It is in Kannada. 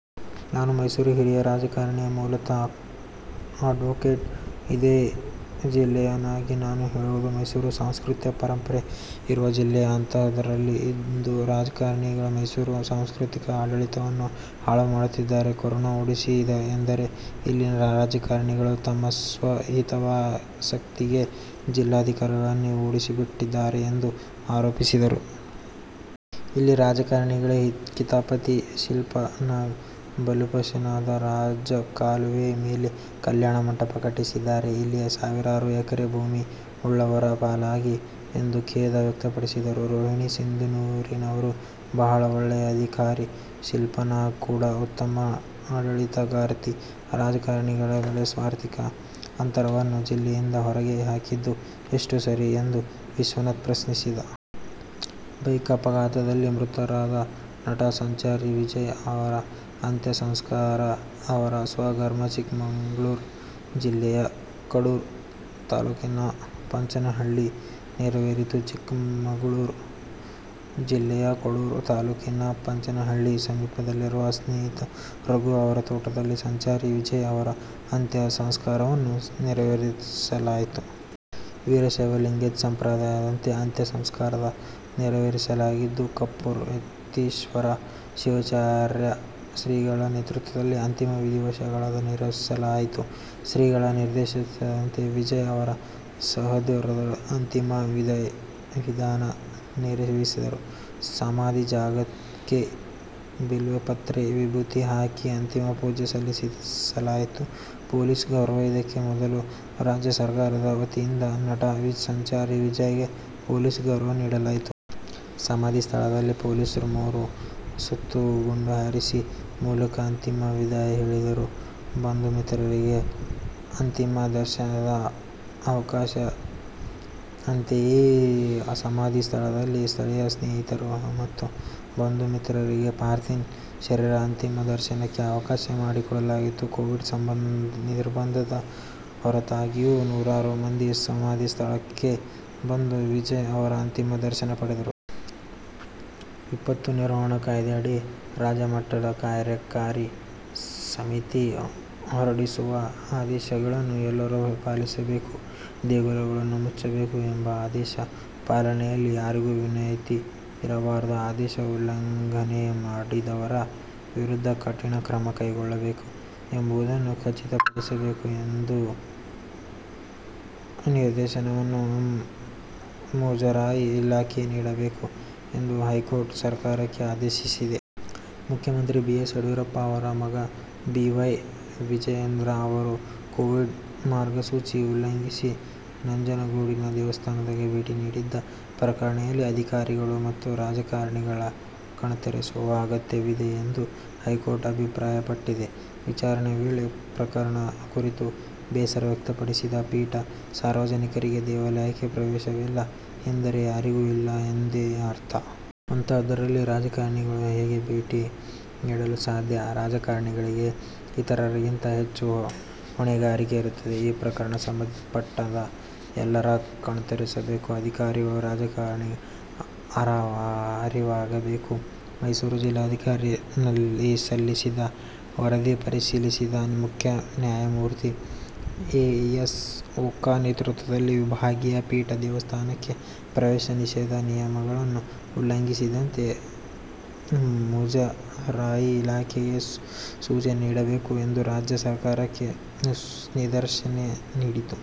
ನಾನು ಮೈಸೂರಿನ ಹಿರಿಯ ರಾಜಕಾರಣಿ, ಮೂಲತಃ ಅಡ್ವೊಕೇಟ್, ಇದೇ ಜಿಲ್ಲೆಯವನಾಗಿ ನಾನು ಹೇಳುವುದು ಮೈಸೂರು ಸಾಂಸ್ಕೃತಿಕ, ಪರಂಪರೆ ಇರುವ ಜಿಲ್ಲೆ. ಅಂತಹುದರಲ್ಲಿ ಇಂದು ರಾಜಕಾರಣಿಗಳು ಮೈಸೂರಿನ ಸಾಂಸ್ಕೃತಿಕ ಆಡಳಿತವನ್ನು ಹಾಳು ಮಾಡುತ್ತಿದ್ದಾರೆ. ಕೊರೋನಾ ಓಡಿಸಿ ಎಂದರೆ ಇಲ್ಲಿನ ರಾಜಕಾರಣಿಗಳು ತಮ್ಮ ಸ್ವ ಹಿತಾಸಕ್ತಿಗೆ ಜಿಲ್ಲಾಧಿಕಾರಿಗಳನ್ನೇ ಓಡಿಸಿಬಿಟ್ಟಿದ್ದಾರೆ ಎಂದು ಆರೋಪಿಸಿದರು. ಇಲ್ಲಿ ರಾಜಕಾರಣಿಗಳ ಕಿತಾಪತಿಗೆ ಶಿಲ್ಪಾ ನಾಗ್ ಬಲಿಪಶುವಾದರು. ರಾಜಕಾಲುವೆ ಮೇಲೆ ಕಲ್ಯಾಣ ಮಂಟಪ ಕಟ್ಟಿಸಿದ್ದಾರೆ, ಇಲ್ಲಿ ಸಾವಿರಾರು ಎಕರೆ ಭೂಮಿ ಉಳ್ಳವರ ಪಾಲಾಗಿದೆ ಎಂದು ಖೇದ ವ್ಯಕ್ತಪಡಿಸಿದರು. ರೋಹಿಣಿ ಸಿಂಧೂರಿಯವರು ಬಹಳ ಒಳ್ಳೆಯ ಅಧಿಕಾರಿ, ಶಿಲ್ಪಾ ನಾಗ್ ಕೂಡ ಉತ್ತಮ ಆಡಳಿತಗಾರ್ತಿ, ರಾಜಕಾರಣಿಗಳ ಸ್ವಾರ್ಥಕ್ಕೆ ಅಂತವರನ್ನು ಜಿಲ್ಲೆಯಿಂದ ಹೊರಗೆ ಹಾಕಿದ್ದು ಎಷ್ಟು ಸರಿ ಎಂದು ವಿಶ್ವನಾಥ್ ಪ್ರಶ್ನಿಸಿದ್ದಾರೆ. ಬೈಕ್ ಅಪಘಾತದಲ್ಲಿ ಮೃತರಾದ ನಟ ಸಂಚಾರಿ ವಿಜಯ್ ಅವರ ಅಂತ್ಯ ಸಂಸ್ಕಾರ ಅವರ ಸ್ವಗ್ರಾಮ ಚಿಕ್ಕಮಗಳೂರು ಜಿಲ್ಲೆಯ ಕಡೂರು ತಾಲ್ಲೂಕಿನ ಪಂಚನಹಳ್ಳಿಯಲ್ಲಿ ನೆರವೇರಿತು. ಚಿಕ್ಕಮಗಳೂರು ಜಿಲ್ಲೆಯ ಕಡೂರು ತಾಲ್ಲೂಕಿನ ಪಂಚನಹಳ್ಳಿಯ ಸಮೀಪದಲ್ಲಿರುವ ಸ್ನೇಹಿತ ರಘು ಅವರ ತೋಟದಲ್ಲಿ ಸಂಚಾರಿ ವಿಜಯ್ ಅವರ ಅಂತ್ಯ ಸಂಸ್ಕಾರವನ್ನು ನೆರವೇರಿಸಲಾಯಿತು. ವೀರಶೈವ ಲಿಂಗಾಯತ ಸಂಪ್ರದಾಯದಂತೆ ಅಂತ್ಯ ಸಂಸ್ಕಾರ ನೆರವೇರಿಸಲಾಗಿದ್ದು, ಕುಪ್ಪೂರು ಯತೀಶ್ವರ ಶಿವಾಚಾರ್ಯ ಶ್ರೀಗಳ ನೇತೃತ್ವದಲ್ಲಿ ಅಂತಿಮ ವಿಧಿವಿಧಾನ ನೆರವೇರಿಸಲಾಯಿತು. ಶ್ರೀಗಳ ನಿರ್ದೇಶನದಂತೆ ವಿಜಯ್ ಅವರ ಸಹೋದರರು ಅಂತಿಮ ವಿಧಿ ವಿಧಾನ ನೆರವೇರಿಸಿದರು. ಸಮಾಧಿ ಜಾಗಕ್ಕೆ ಬಿಲ್ವಪತ್ರೆ ವಿಭೂತಿ ಹಾಕಿ ಅಂತಿಮ ಪೂಜೆ ಸಲ್ಲಿಸಲಾಯಿತು. ಪೊಲೀಸ್ ಗೌರವ ಇದಕ್ಕೂ ಮೊದಲು ರಾಜ್ಯ ಸರ್ಕಾರದ ವತಿಯಿಂದ ನಟ ಸಂಚಾರಿ ವಿಜಯ್ ಗೆ ಪೊಲೀಸ್ ಗೌರವ ನೀಡಲಾಯಿತು. ಸಮಾಧಿ ಸ್ಥಳದಲ್ಲಿ ಪೊಲೀಸರು ಮೂರು ಸುತ್ತು ಗುಂಡು ಹಾರಿಸುವ ಮೂಲಕ ಅಂತಿಮ ವಿದಾಯ ಹೇಳಿದರು. ಬಂಧುಮಿತ್ರರಿಗೆ ಅಂತಿಮ ದರ್ಶನಕ್ಕೆ ಅವಕಾಶ ಅಂತೆಯೇ ಸಮಾಧಿ ಸ್ಥಳದಲ್ಲೇ ಸ್ಥಳೀಯ ಸ್ನೇಹಿತರು ಮತ್ತು ಬಂಧು ಮಿತ್ರರಿಗೆ ಪಾರ್ಥೀವ ಶರೀರದ ಅಂತಿಮ ದರ್ಶನಕ್ಕೆ ಅವಕಾಶ ಮಾಡಿಕೊಡಲಾಗಿತ್ತು. ಕೋವಿಡ್ ನಿರ್ಬಂಧದ ಹೊರತಾಗಿಯೂ ನೂರಾರು ಮಂದಿ ಸಮಾಧಿ ಸ್ಥಳಕ್ಕೆ ಬಂದು ವಿಜಯ್ ಅವರ ಅಂತಿಮ ದರ್ಶನ ಪಡೆದರು. ವಿಪತ್ತು ನಿರ್ವಹಣಾ ಕಾಯ್ದೆಯಡಿ ರಾಜ್ಯ ಮಟ್ಟದ ಕಾರ್ಯಕಾರಿ ಸಮಿತಿ ಹೊರಡಿಸುವ ಆದೇಶಗಳನ್ನು ಎಲ್ಲರೂ ಪಾಲಿಸಬೇಕು. ದೇಗುಲಗಳನ್ನು ಮುಚ್ಚಬೇಕು ಎಂಬ ಆದೇಶ ಪಾಲನೆಯಲ್ಲಿ ಯಾರಿಗೂ ವಿನಾಯಿತಿ ಇರಬಾರದು, ಆದೇಶ ಉಲ್ಲಂಘನೆ ಮಾಡಿದವರ ವಿರುದ್ಧ ಕಠಿಣ ಕ್ರಮ ಕೈಗೊಳ್ಳಲಾಗಿದೆಯೇ ಎಂಬುದನ್ನು ಖಚಿತಪಡಿಸಬೇಕು ಎಂಬ ನಿರ್ದೇಶನವನ್ನು ಮುಜರಾಯಿ ಇಲಾಖೆಗೆ ನೀಡಬೇಕು' ಎಂದು ಹೈಕೋರ್ಟ್ ಸರ್ಕಾರಕ್ಕೆ ಆದೇಶಿಸಿದೆ.. ಮುಖ್ಯಮಂತ್ರಿ ಬಿ. ಎಸ್. ಯಡಿಯೂರಪ್ಪ ಅವರ ಮಗ ಬಿ. ವೈ. ವಿಜಯೇಂದ್ರ ಅವರು ಕೋವಿಡ್ ಮಾರ್ಗಸೂಚಿ ಉಲ್ಲಂಘಿಸಿ ನಂಜನಗೂಡಿನ ದೇವಸ್ಥಾನಕ್ಕೆ ಭೇಟಿ ನೀಡಿದ್ದ ಪ್ರಕರಣದಲ್ಲಿ ಅಧಿಕಾರಿಗಳು ಮತ್ತು ರಾಜಕಾರಣಿಗಳ ಕಣ್ತೆರೆಸುವ ಅಗತ್ಯವಿದೆ ಎಂದು ಹೈಕೋರ್ಟ್ ಅಭಿಪ್ರಾಯಪಟ್ಟಿದೆ. ವಿಚಾರಣೆ ವೇಳೆ ಪ್ರಕರಣದ ಕುರಿತು ಬೇಸರ ವ್ಯಕ್ತಪಡಿಸಿದ ಪೀಠ, ಸಾರ್ವಜನಿಕರಿಗೆ ದೇವಾಲಯಕ್ಕೆ ಪ್ರವೇಶವಿಲ್ಲ ಎಂದರೆ ಯಾರಿಗೂ ಇಲ್ಲ ಎಂದೇ ಅರ್ಥ. ಅಂತಹದ್ದರಲ್ಲಿ ರಾಜಕಾರಣಿಗಳು ಹೇಗೆ ಭೇಟಿ ನೀಡಲು ಸಾಧ್ಯ. ರಾಜಕಾರಣಿಗಳಿಗೆ ಇತರರಿಗಿಂತ ಹೆಚ್ಚು ಹೊಣೆಗಾರಿಕೆಯಿರುತ್ತದೆ. ಈ ಪ್ರಕರಣ ಸಂಬಂಧಪಟ್ಟ ಎಲ್ಲರ ಕಣ್ತೆರೆಸಬೇಕು. ಅಧಿಕಾರಿಗಳು, ರಾಜಕಾರಣಿಗಳಿಗೆ ಅರಿವಾಗಬೇಕು. ಮೈಸೂರು ಜಿಲ್ಲಾಧಿಕಾರಿ ಸಲ್ಲಿಸಿದ್ದ ವರದಿ ಪರಿಶೀಲಿಸಿದ ಮುಖ್ಯ ನ್ಯಾಯಮೂರ್ತಿ ಎ. ಎಸ್. ಓಕಾ ನೇತೃತ್ವದ ವಿಭಾಗೀಯ ಪೀಠ, ದೇವಸ್ಥಾನಕ್ಕೆ ಪ್ರವೇಶ ನಿಷೇಧ ನಿಯಮಗಳನ್ನು ಉಲ್ಲಂಘಿಸದಂತೆ ಮುಜರಾಯಿ ಇಲಾಖೆಗೆ ಸೂಚನೆ ನೀಡಬೇಕು' ಎಂದು ರಾಜ್ಯ ಸರ್ಕಾರಕ್ಕೆ ನಿರ್ದೇಶನ ನೀಡಿತು.